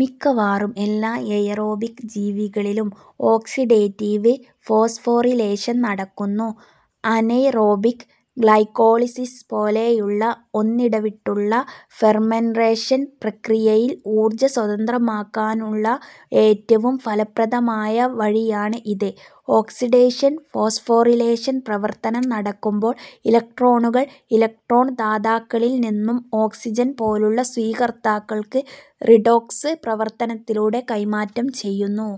മിക്കവാറും എല്ലാ എയറോബിക് ജീവികളിലും ഓക്സിഡേറ്റീവ് ഫോസ്ഫോറിലേഷൻ നടക്കുന്നു. അനെയ്റോബിക് ഗ്ലൈക്കോളിസിസ് പോലെയുള്ള ഒന്നിടവിട്ടുള്ള ഫെർമെൻറേഷൻ പ്രക്രിയയിൽ ഊർജ്ജം സ്വതന്ത്രമാക്കാനുള്ള ഏറ്റവും ഫലപ്രദമായ വഴിയാണ് ഇത്. ഓക്സിഡേഷൻ ഫോസ്ഫോറിലേഷൻ പ്രവർത്തനം നടക്കുമ്പോൾ, ഇലക്ട്രോണുകൾ ഇലക്ട്രോൺ ദാതാക്കളിൽ നിന്നും ഓക്സിജൻ പോലുള്ള സ്വീകർത്താക്കൾക്ക് റിഡോക്സ് പ്രവർത്തനത്തിലൂടെ കൈമാറ്റം ചെയ്യുന്നു.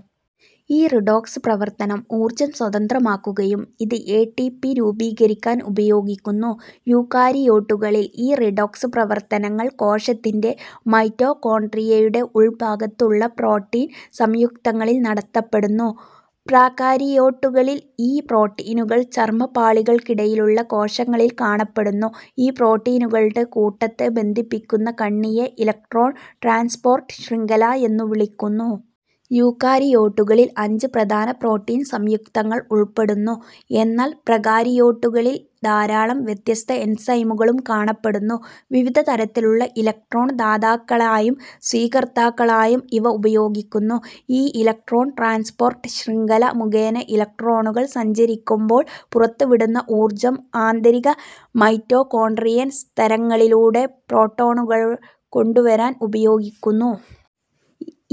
ഈ റിഡോക്സ് പ്രവർത്തനം ഊർജ്ജം സ്വതന്ത്രമാക്കുകയും, ഇത് എ. ടി. പി. രൂപീകരിക്കാൻ ഉപയോഗിക്കുന്നു. യൂക്കാരിയോട്ടുകളി, ഈ റിഡോക്സ് പ്രവർത്തനങ്ങൾ കോശത്തിന്റെ മൈറ്റോകോൺട്രിയയുടെ ഉൾഭാഗത്ത് ഉള്ള പ്രോട്ടീൻ സംയുക്തങ്ങളിൽ നടത്തപ്പെടുന്നു. പ്രോകാരിയോട്ടുകളിൽ, ഈ പ്രോട്ടീനുകൾ ചർമ്മപാളികൾക്കിടയിലുള്ള കോശങ്ങളിൽ കാണപ്പെടുന്നു. ഈ പ്രോട്ടീനുകൾടെ കൂട്ടത്തെ ബന്ധിപ്പിക്കുന്ന കണ്ണിയെ ഇലക്ട്രോൺ ട്രാൻസ്പോർട്ട് ശൃംഖല എന്നു വിളിക്കുന്നു. യൂക്കാരിയോട്ടുകളിൽ, അഞ്ച് പ്രധാന പ്രോട്ടീൻ സംയുക്തങ്ങൾ ഉൾപ്പെടുന്നു, എന്നാൽ പ്രോകാരിയോട്ടുകളിൽ ധാരാളം വ്യത്യസ്ത എൻസൈമുകളും കാണപ്പെടുന്നു, വിവിധതരത്തിലുള്ള ഇലക്ട്രോൺ ദാതാക്കളായും സ്വീകർത്താക്കളായും ഇവ ഉപയോഗിക്കുന്നു. ഈ ഇലക്ട്രോൺ ട്രാൻസ്പോർട്ട് ശൃംഖല മുഖേന ഇലക്ട്രോണുകൾ സഞ്ചരിക്കുമ്പോൾ പുറത്തുവിടുന്ന ഊർജ്ജം ആന്തരിക മൈറ്റോകോൺട്രിയൽ സ്തരങ്ങളിലൂടെ പ്രോട്ടോണുകളെ കൊണ്ടുവരാൻ ഉപയോഗിക്കുന്നു.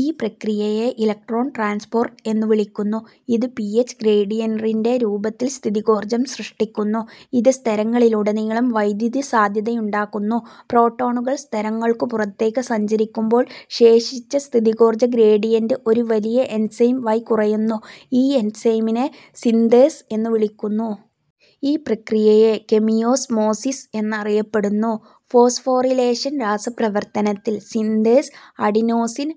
ഈ പ്രക്രിയയെ ഇലക്ട്രോൺ ട്രാൻസ്പോർട്ട് എന്നു വിളിക്കുന്നു. ഇത് പി. എച്ച് ഗ്രേഡിയൻറിന്റെ രൂപത്തിൽ സ്ഥിതികോർജ്ജം സൃഷ്ടിക്കുന്നു. ഇത് സ്തരങ്ങളിലുടനീളം വൈദ്യുത സാധ്യതയുണ്ടാക്കുന്നു. പ്രോട്ടോണുകൾ സ്തരങ്ങൾക്കു പുറത്തേക്ക് സഞ്ചരിക്കുമ്പോൾ, ശേഷിച്ച സ്ഥിതികോർജ്ജ ഗ്രേഡിയന്റ് ഒരു വലിയ എൻസൈം വഴി കുറയുന്നു. ഈ എൻസൈമിനെ സിന്തേസ് എന്നുവിളിക്കുന്നു. ഈ പ്രക്രിയയെ കെമിയോസ്മോസിസ് എന്നറിയപ്പെടുന്നു. ഫോസ്ഫോറിലേഷൻ രാസപ്രവർത്തനത്തിൽ synthase adenosine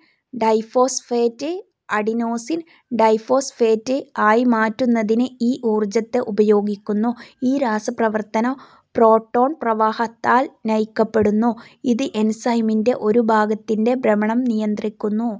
diphosphate adenosine diphosphate ആയി മാറ്റുന്നതിന് ഈ ഊർജ്ജത്തെ ഉപയോഗിക്കുന്നു. ഈ രാസപ്രവർത്തനം പ്രോട്ടോൺ പ്രവാഹത്താൽ നയിക്കപ്പെടുന്നു. ഇത് എൻസൈമിൻ്റെ ഒരു ഭാഗത്തിന്റെ ഭ്രമണം നിയന്ത്രിക്കുന്നു.